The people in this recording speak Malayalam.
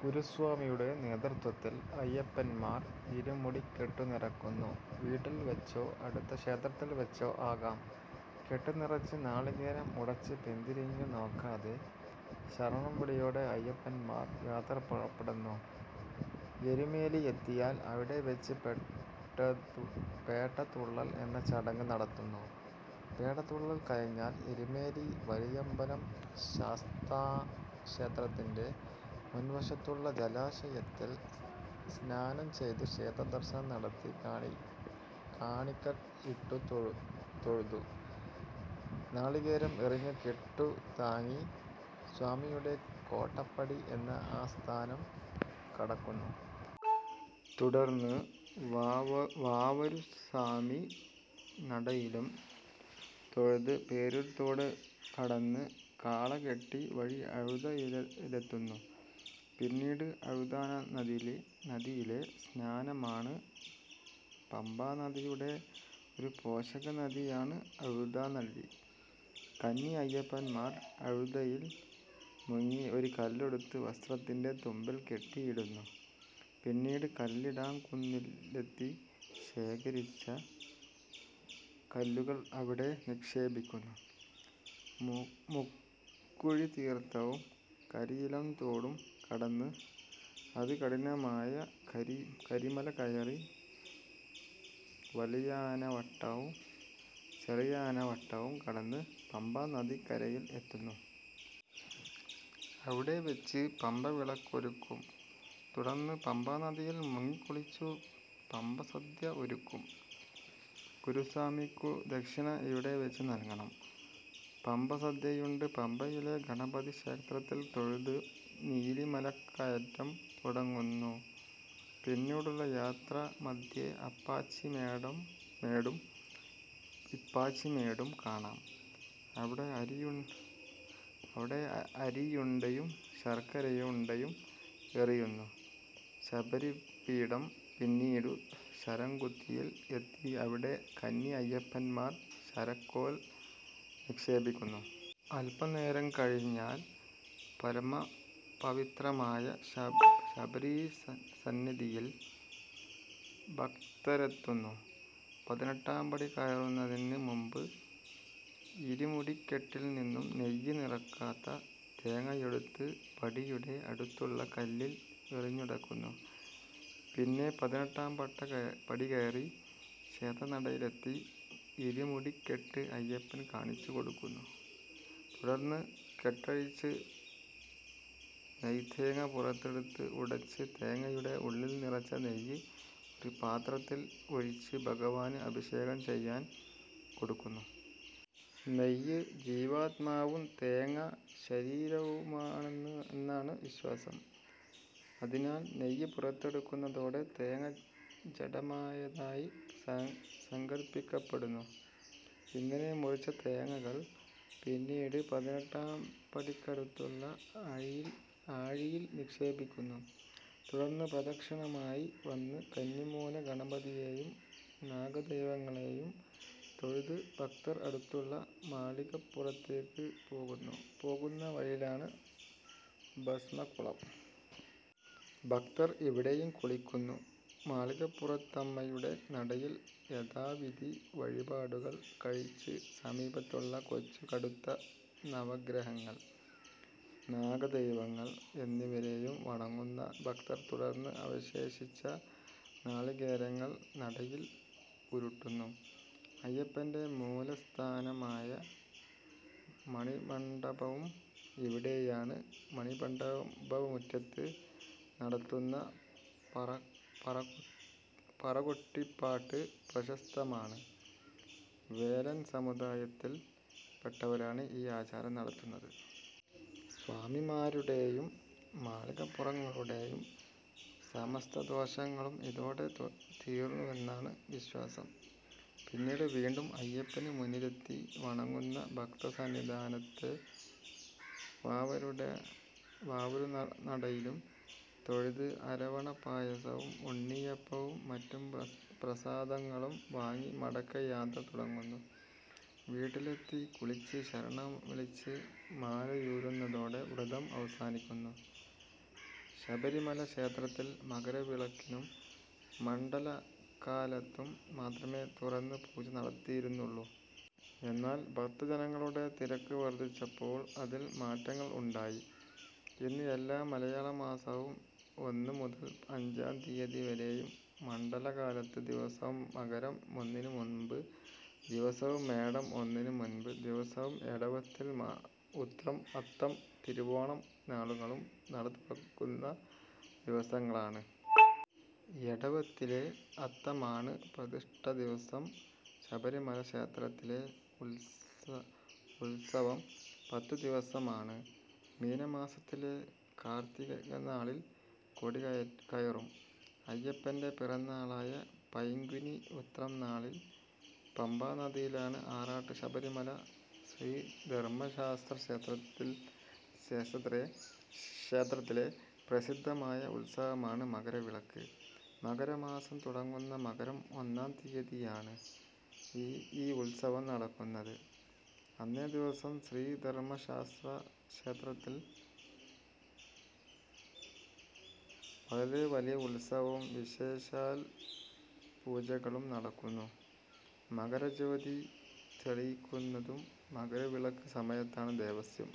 ഗുരുസ്വാമിയുടെ നേതൃത്വത്തിൽ അയ്യപ്പന്മാർ ഇരുമുടിക്കെട്ടുനിറയ്ക്കുന്നു. വീട്ടിൽ വച്ചോ അടുത്ത ക്ഷേത്രത്തിൽ വെച്ചോ ആകാം. കെട്ടുനിറച്ച്, നാളികേരം ഉടച്ച്, പിന്തിരിഞ്ഞു നോക്കാതെ, ശരണം വിളിയോടെ അയ്യപ്പന്മാർ യാത്ര പുറപെടുന്നു. എരുമേലി എത്തിയാൽ അവിടെ വച്ച് പേട്ടതുള്ളൽ എന്ന ചടങ്ങ് നടത്തുന്നു. പേട്ടതുള്ളൽ കഴിഞ്ഞാൽ എരുമേലി വലിയമ്പലം ശാസ്താക്ഷേത്രത്തിന്റെ മുൻവശത്തുള്ള ജലാശയത്തിൽ സ്നാനം ചെയ്തു ക്ഷേത്ര ദർശനം നടത്തി കാണിക്കയിട്ടു തൊഴുതു നാളികേരം എറിഞ്ഞു കെട്ടുതാങ്ങി 'സ്വാമിയുടെ കോട്ടപ്പടി' എന്ന ആ സ്ഥാനം കടക്കുന്നു. തുടർന്ന് വാവരുസ്വാമി നടയിലും തൊഴുത് പേരൂർതോട് കടന്ന് കാളകെട്ടി വഴി അഴുതയിലെത്തുന്നു. പിന്നീട് അഴുതാനദിയിലെ സ്നാനമാണ്. പമ്പാനദിയുടെ ഒരു പോഷകനദിയാണ് അഴുതാനദി. കന്നി അയ്യപ്പന്മാർ അഴുതയിൽ മുങ്ങി ഒരു കല്ലെടുത്ത് വസ്ത്രത്തിന്റെ തുമ്പിൽ കെട്ടിയിടുന്നു. പിന്നീട് കല്ലിടാംകുന്നിലെത്തി ശേഖരിച്ച കല്ലുകൾ അവിടെ നിക്ഷേപിക്കുന്നു. മുക്കുഴിതീർത്ഥവും കരിയിലംതോടും കടന്ന്, അതികഠിനമായ കരിമല കയറി, വലിയാനവട്ടവും ചെറിയാനവട്ടവും കടന്ന് പമ്പാനദിക്കരയിൽ എത്തുന്നു. അവിടെവച്ച് പമ്പവിളക്കൊരുക്കും. തുടർന്ന് പമ്പാനദിയിൽ മുങ്ങിക്കുളിച്ചു പമ്പസദ്യ ഒരുക്കും. ഗുരുസ്വാമിയ്ക്കുള്ള ദക്ഷിണ ഇവിടെവച്ച് നൽകണം. പമ്പസദ്യയുണ്ട് പമ്പയിലെ ഗണപതിക്ഷേത്രത്തിൽ തൊഴുത് നീലിമലകയറ്റം തുടങ്ങുന്നു. പിന്നീടുള്ള യാത്ര മദ്ധ്യേ അപ്പാച്ചിമേടും, ഇപ്പാച്ചിമേടും കാണാം. അവിടെ അരിയുണ്ടയും ശർക്കരയുണ്ടയും എറിയുന്നു. ശബരിപീഠം പിന്നീടു ശരംകുത്തിയിൽ എത്തി അവിടെ കന്നി അയ്യപ്പൻമാർ ശരക്കോൽ നിക്ഷേപിക്കുന്നു. അല്പനേരം കഴിഞ്ഞാൽ പരമപവിത്രമായ ശബരീശസന്നിധിയിൽ ഭക്തരെത്തുന്നു. പതിനെട്ടാം പടി കയറുന്നതിന് മുമ്പ് ഇരുമുടിക്കെട്ടിൽനിന്നും നെയ്യ് നിറയ്ക്കാത്ത തേങ്ങയെടുത്ത് പടിയുടെ അടുത്തുള്ള കല്ലിൽ എറിഞ്ഞുടയ്ക്കുന്നു. പിന്നെ പതിനെട്ടാംപടി കയറി ക്ഷേത്രനടയിലെത്തി ഇരുമുടിക്കെട്ട് അയ്യപ്പന് കാണിച്ചു കൊടുക്കുന്നു. തുടർന്ന്, കെട്ടഴിച്ച് നെയ്തേങ്ങ പുറത്തെടുത്ത് ഉടച്ച്, തേങ്ങയുടെ ഉള്ളിൽ നിറച്ച നെയ്യ് ഒരു പത്രത്തിൽ ഒഴിച്ച് ഭഗവാന് അഭിഷേകം ചെയ്യാൻ കൊടുക്കുന്നു. നെയ്യ് ജീവാത്മാവും തേങ്ങ ശരീരവുമാണെന്നാണ് വിശ്വാസം. അതിനാൽ, നെയ്യ് പുറത്തെടുക്കുന്നതോടെ തേങ്ങ ജഡമായതായി സങ്കല്പിയ്ക്കപ്പെടുന്നു. ഇങ്ങനെ മുറിച്ച തേങ്ങകൾ പിന്നീട് പതിനെട്ടാം പടിയ്ക്കടുത്തുള്ള ആഴിയിൽ നിക്ഷേപിയ്ക്കുന്നു. തുടർന്ന്, പ്രദക്ഷിണമായി വന്ന് കന്നിമൂല ഗണപതിയെയും നാഗദൈവങ്ങളെയും തൊഴുത് ഭക്തർ അടുത്തുള്ള മാളികപ്പുറത്തേയ്ക്ക് പോകുന്നു. പോകുന്ന വഴിയിലാണ് ഭസ്മക്കുളം. ഭക്തർ ഇവിടെയും കുളിയ്ക്കുന്നു. മാളികപ്പുറത്തമ്മയുടെ നടയിൽ യഥാവിധി വഴിപാടുകൾ കഴിച്ച് സമീപത്തുള്ള കൊച്ചുകടുത്ത, നവഗ്രഹങ്ങൾ, നാഗദൈവങ്ങൾ എന്നിവരെയും വണങ്ങുന്ന ഭക്തർ തുടർന്ന് അവശേഷിച്ച നാളികേരങ്ങൾ നടയിൽ ഉരുട്ടുന്നു. അയ്യപ്പന്റെ മൂലസ്ഥാനമായ മണിമണ്ഡപവും ഇവിടെയാണ്. മണിമണ്ഡപമുറ്റത്ത് നടത്തുന്ന പറകൊട്ടിപ്പാട്ട് പ്രശസ്തമാണ്. വേലൻ സമുദായത്തിൽ പെട്ടവരാണ് ഈ ആചാരം നടത്തുന്നത്. സ്വാമിമാരുടെയും മാളികപ്പുറങ്ങളുടെയും സമസ്തദോഷങ്ങളും ഇതോടെ തീർന്നുവെന്നാണ് വിശ്വാസം. പിന്നീട്, വീണ്ടും അയ്യപ്പന് മുന്നിലെത്തി വണങ്ങുന്ന ഭക്തർസന്നിധാനത്തെ വാവരുനടയിലും തൊഴുത് അരവണപ്പായസവും ഉണ്ണിയപ്പവും മറ്റ് പ്രസാദങ്ങളും വാങ്ങി മടക്കയാത്ര തുടങ്ങുന്നു. വീട്ടിലെത്തി കുളിച്ച് ശരണംവിളിച്ച് മാലയൂരുന്നതോടെ വ്രതം അവസാനിയ്ക്കുന്നു. ശബരിമല ക്ഷേത്രത്തിൽ മകരവിളക്കിനും മണ്ഡലകാലത്തും മാത്രമേ തുറന്ന് പൂജ നടത്തിയിരുന്നുള്ളു. എന്നാൽ ഭക്തജനങ്ങളുടെ തിരക്ക് വർദ്ധിച്ചപ്പോൾ അതിൽ മാറ്റങ്ങൾ ഉണ്ടായി. ഇന്ന് എല്ലാ മലയാളമാസവും ഒന്ന് മുതൽ അഞ്ചാം തിയതി വരെയും, മണ്ഡല കാലത്ത് ദിവസവും, മകരം ഒന്നിനു മുമ്പ് ദിവസവും, മേടം ഒന്നിനു മുമ്പ് ദിവസവും എടവത്തിൽ ഉത്രം, അത്തം, തിരുവോണം നാളുകളും നടതുറക്കുന്ന ദിവസങ്ങളാണ്. എടവത്തിലെ അത്തമാണ് പ്രതിഷ്ഠാദിവസം. ശബരിമല ക്ഷേത്രത്തിലെ ഉത്സവം പത്തുദിവസമാണ്. മീനമാസത്തിലെ കാർത്തികനാളിൽ കൊടികയറും. അയ്യപ്പന്റെ പിറന്നാളായ പൈങ്കുനി ഉത്രം നാളിൽ പമ്പാനദിയിലാണ് ആറാട്ട്. ശബരിമല ശ്രീധർമ്മശാസ്താക്ഷേത്രത്തിലെ പ്രസിദ്ധമായ ഉത്സവമാണ് മകര വിളക്ക്. മകരമാസം തുടങ്ങുന്ന മകരം ഒന്നാം തീയതിയാണ് ഈ ഉത്സവം നടക്കുന്നത്. അന്നേദിവസം ശ്രീധർമ്മശാസ്താക്ഷേത്രത്തിൽ വളരെ വലിയ ഉത്സവവും വിശേഷാൽ പൂജകളും നടക്കുന്നു. മകരജ്യോതി തെളിക്കുന്നതും മകര വിളക്ക് സമയത്താണ്. ദേവസ്വം